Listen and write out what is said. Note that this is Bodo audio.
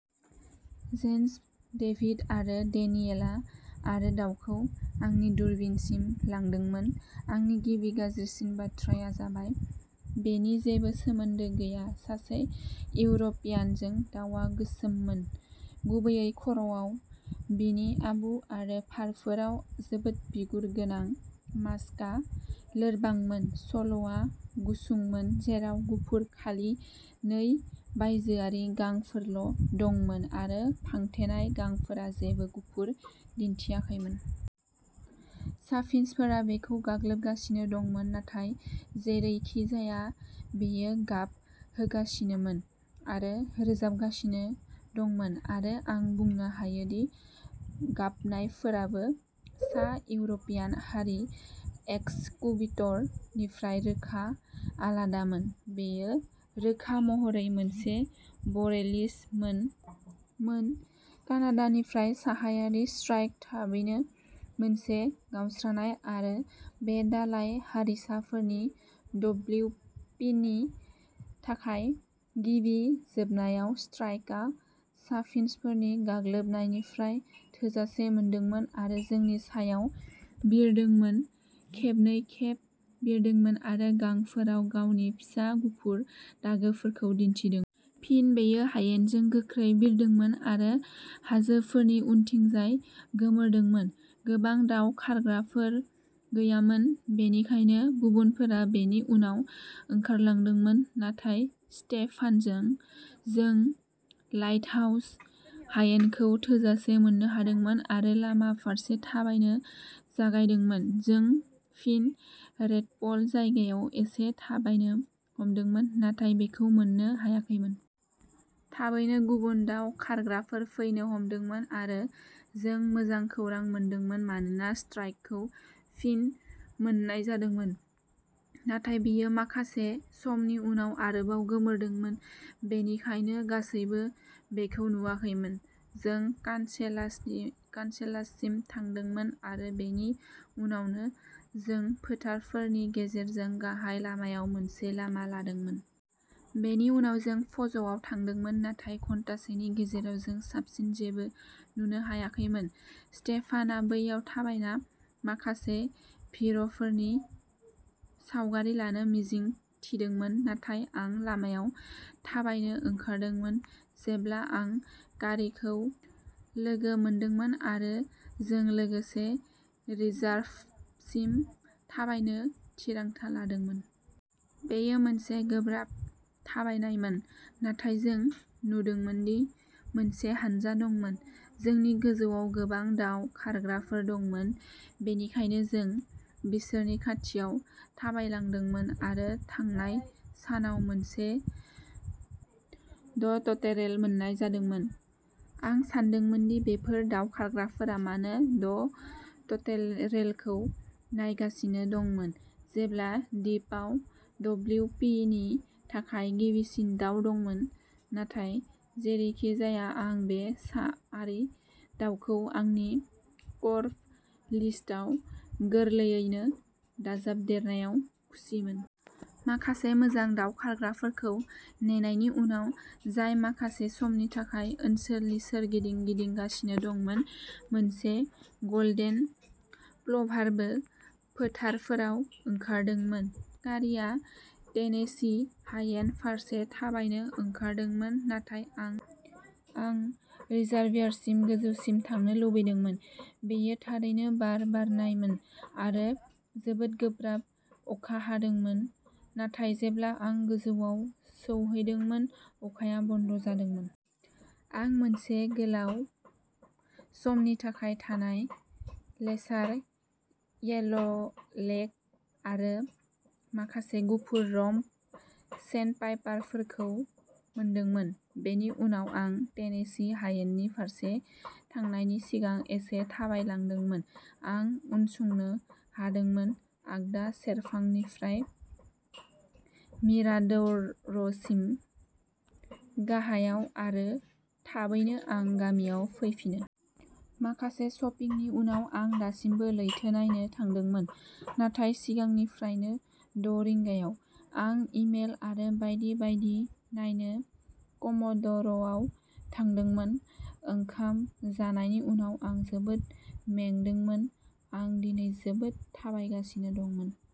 जेन्स, डेभिड आरो डेनियेलआ आरो दाउखौ आंनि दूरबीनसिम लांदोंमोन, आंनि गिबि गाज्रिसिन बाथ्राया जाबायः बेनि जेबो सोमोन्दो गैया सासे इउर'पियानजों दावआ गोसोममोन, गुबैयै खर'आव, बिनि आबु आरो फारफोराव जोबोद बिगुर गोनां, मास्कआ लोरबांमोन, सल'आ गुसुंमोन जेराव गुफुर खालि नै बायजोआरि गांफोरल' दंमोन आरो फांथेनाय गांफोरा जेबो गुफुर दिन्थियाखैमोन। चाफिन्चफोरा बेखौ गाग्लोबगासिनो दंमोन नाथाय जेरैखिजाया बेयो गाब होगासिनोमोन आरो रोजाबगासिनो दंमोन आरो आं बुंनो हायोदि गाबनायफोराबो सा-इउर'पियान हारि एक्सकुबिटर निफ्राय रोखा आलादामोन। बेयो रोखा महरै मोनसे बरेलिस मोन कानाडानिफ्राय साहायारि श्राइक-थाबैनो मोनसे गावस्रानाय आरो बे दालाय हारिसाफोरनि डब्लिउपिनि थाखाय गिबि जोबनायाव श्राइकआ चाफिन्चफोरनि गाग्लोबनायनिफ्राय थोजासे मोनदोंमोन आरो जोंनि सायाव बिरदोंमोन, खेबनै-खेब बिरदोंमोन आरो गांफोराव गावनि फिसा गुफुर दागोफोरखौ दिन्थिदोंमोन। फिन बेयो हायेनजों गोख्रै बिरदोंमोन आरो हाजोफोरनि उनथिंजाय गोमोरदोंमोन। गोबां दाउ खारग्राफोर गैयामोन, बेनिखायनो गुबुनफोरा बेनि उनाव ओंखारलांदोंमोन, नाथाय स्टेफानजों जों लाइटहाउस हायेनखौ थोजासे मोननो हादोंमोन आरो लामा फारसे थाबायनो जागायदोंमोन। जों फिन रेडपल जायगायाव एसे थाबायनो हमदोंमोन, नाथाय बेखौ मोननो हायाखैमोन। थाबैनो गुबुन दाउ खारग्राफोर फैनो हमदोंमोन आरो जों मोजां खौरां मोनदोंमोन मानोना श्राइकखौ फिन मोन्नाय जादोंमोन। नाथाय बेयो माखासे समनि उनाव आरोबाव गोमोरदोंमोन, बेनिखायनो गासैबो बेखौ नुवाखैमोन। जों कानसेलाससिम थांदोंमोन आरो बेनि उनावनो जों फोथारफोरनि गेजेरजों गाहाय लामायाव मोनसे लामा लादोंमोन। बेनि उनाव जों फ'ज'आव थांदोंमोन, नाथाय घन्टासेनि गेजेराव जों साबसिन जेबो नुनो हायाखैमोन। स्टेफानआ बैयाव थाबायना माखासे भिर'फोरनि सावगारि लानो मिजिं थिदोंमोन, नाथाय आं लामायाव थाबायनो ओंखारदोंमोन, जेब्ला आं कारीखौ लोगो मोनदोंमोन आरो जों लोगोसे रिजार्भारसिम थाबायनो थिरांथा लादोंमोन। बेयो मोनसे गोब्राब थाबायनायमोन, नाथाय जों नुदोंमोन दि मोनसे हानजा दंमोन। जोंनि गोजौआव गोबां दाव खारग्राफोर दंमोन, बेनिखायनो जों बिसोरनि खाथियाव थाबायलांदोंमोन आरो थांनाय सानाव मोनसे ड'टटेरेल मोन्नाय जादोंमोन। आं सानदोंमोन दि बेफोर दाव खारग्राफोरा मानो ड'टटेरेलखौ नायगासिनो दंमोन, जेब्ला द्वीपआव डब्लिउ पि नि थाखाय गिबिसिन दाव दंमोन, नाथाय जेरैखिजाया आं बे साआरि दाउखौ आंनि क'र्भ'- लिस्टआव गोरलैयैनो दाजाबदेरनायाव खुसिमोन। माखासे मोजां दाव खारग्राफोरखौ नेनायनि उनाव, जाय माखासे समनि थाखाय ओनसोलनि सोरगिदिं गिदिंगासिनो दंमोन, मोनसे गल्डेन प्लभारबो फोथारफोराव ओंखारदोंमोन। कारीआ टेनेसी हायेन फारसे थाबायनो ओंखारदोंमोन, नाथाय आं रिजार्वयारसिम गोजौसिम थांनो लुबैदोंमोन। बेयो थारैनो बार बारनायमोन आरो जोबोद गोब्राब अखा हादोंमोन, नाथाय जेब्ला आं गोजौआव सौहैदोंमोन, अखाया बन्द'जादोंमोन। आं मोनसे गोलाव समनि थाखाय थानाय लेसार येल'लेग आरो माखासे गुफुर-रम्प सेन्डपाइपारफोरखौ मोनदोंमोन। बेनि उनाव आं टेनेसी हायेननि फारसे थांनायनि सिगां एसे थाबायलांदोंमोन। आं उनसंनो हादोंमोन। आगदा सेरफांनिफ्राय मिराडौर'सिम गाहायाव आरो थाबैनो आं गामियाव फैफिनो। माखासे शपिंनि उनाव आं दासिमबो लैथो नायनो थांदोंमोन, नाथाय सिगांनिफ्रायनो द' रिंगायाव। आं इमेल आरो बायदि बायदि नायनो कम'ड'र'आव थांदोंमोन। ओंखाम जानायनि उनाव आं जोबोद मेंदोंमोन, आं दिनै जोबोद थाबायगासिनो दंमोन।